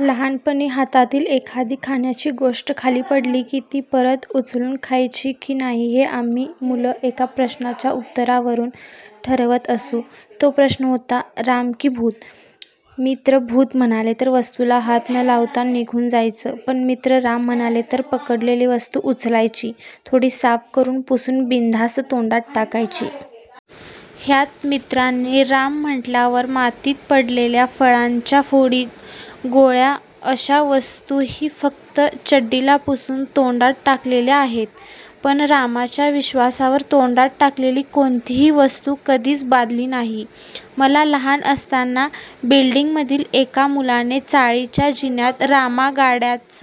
लहानपणी हातातील एखादी खाण्याची गोष्ट खाली पडली की ती परत उचलून खायची की नाही हे आम्ही मुल एका प्रश्नाच्या उत्तरावरून ठरवत असू. तो प्रश्न होता "राम की भूत? " मित्र भूत म्हणाले तर वस्तूला हात न लावता निघून जायचं पण मित्र राम म्हणाले तर पडलेली वस्तू उचलायची, थोडी साफ करून, पुसून बिनधास्त तोंडात टाकायची. ह्यात मित्रांनी राम म्हटल्यावर मातीत पडलेल्या फळांच्या फोडी, गोळ्या अश्या वस्तूही फक्त चड्डीला पुसून तोंडात टाकलेल्या आहेत. पण रामाच्या विश्वासावर तोंडात टाकलेली कोणतीही वस्तू कधीच बाधली नाही! मला लहान असताना बिल्डिंग मधील एका मुलाने चाळीच्या जिन्यात रामा गाड्याच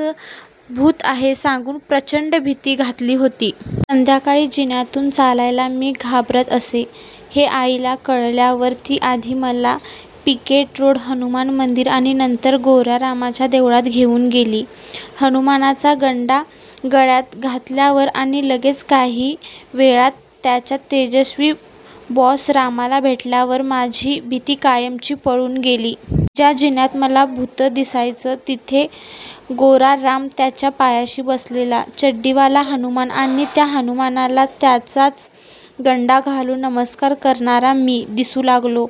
भूत आहे सांगून प्रचंड भीती घातली होती. संध्याकाळी जिन्यातून चालायला मी घाबरत असे. हे आईला कळल्यावर ती आधी मला पिकेट रोड हनुमान मंदिर आणि नंतर गोऱ्या रामाच्या देवळात घेऊन गेली. हनुमानाचा गंडा गळ्यात घातल्यावर आणि लगेच काही वेळात त्याच्या तेजस्वी बॉस रामाला भेटल्यावर माझी भीती कायमची पळून गेली. ज्या जिन्यात मला भूत दिसायचं तिथे गोरा राम, त्याच्या पायाशी बसलेला चड्डीवाला हनुमान आणि त्या हनुमानाला त्याचाच गंडा घालून नमस्कार करणारा मी दिसू लागलो.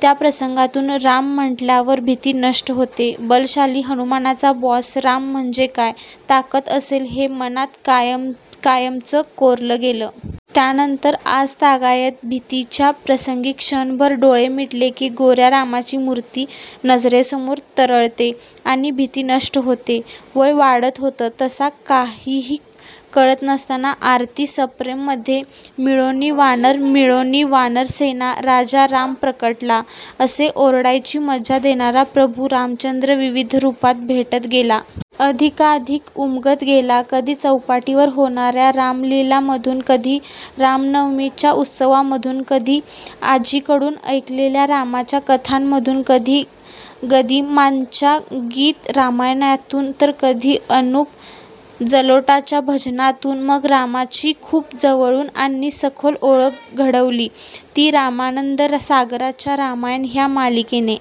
त्या प्रसंगातून राम म्हटल्यावर भीती नष्ट होते, बलशाली हनुमानाचा बॉस राम म्हणजे काय ताकद असेल हे मनात कायमच कोरल गेलं. त्यानंतर आजतागायत भीतीच्या प्रसंगी क्षणभर डोळे मिटले की गोऱ्या रामाची मूर्ती नजरेसमोर तरळते आणि भीती नष्ट होते! वय वाढत होतं तसा काहीही कळत नसताना आरती सप्रेम मध्ये "मिळोनि वानर ….,मिळोनि वानर सेना राजा राम प्रकटला" असे ओरडायची मजा देणारा प्रभू रामचंद्र विविध रुपात भेटत गेला. अधिकाधिक उमगत गेला. कधी चौपाटीवर होणाऱ्या रामलीला मधून, कधी रामनवमीच्या उत्सवामधून, कधी आजीकडून ऐकलेल्या रामाच्या कथांमधून, कधी गदिमांच्या गीत रामायणातून, तर कधी अनुप जलोटाच्या भजनातून. मग रामाची खूप जवळून आणि सखोल ओळख घडवली ती रामानंद सागरच्या रामायण ह्या मालिकेने.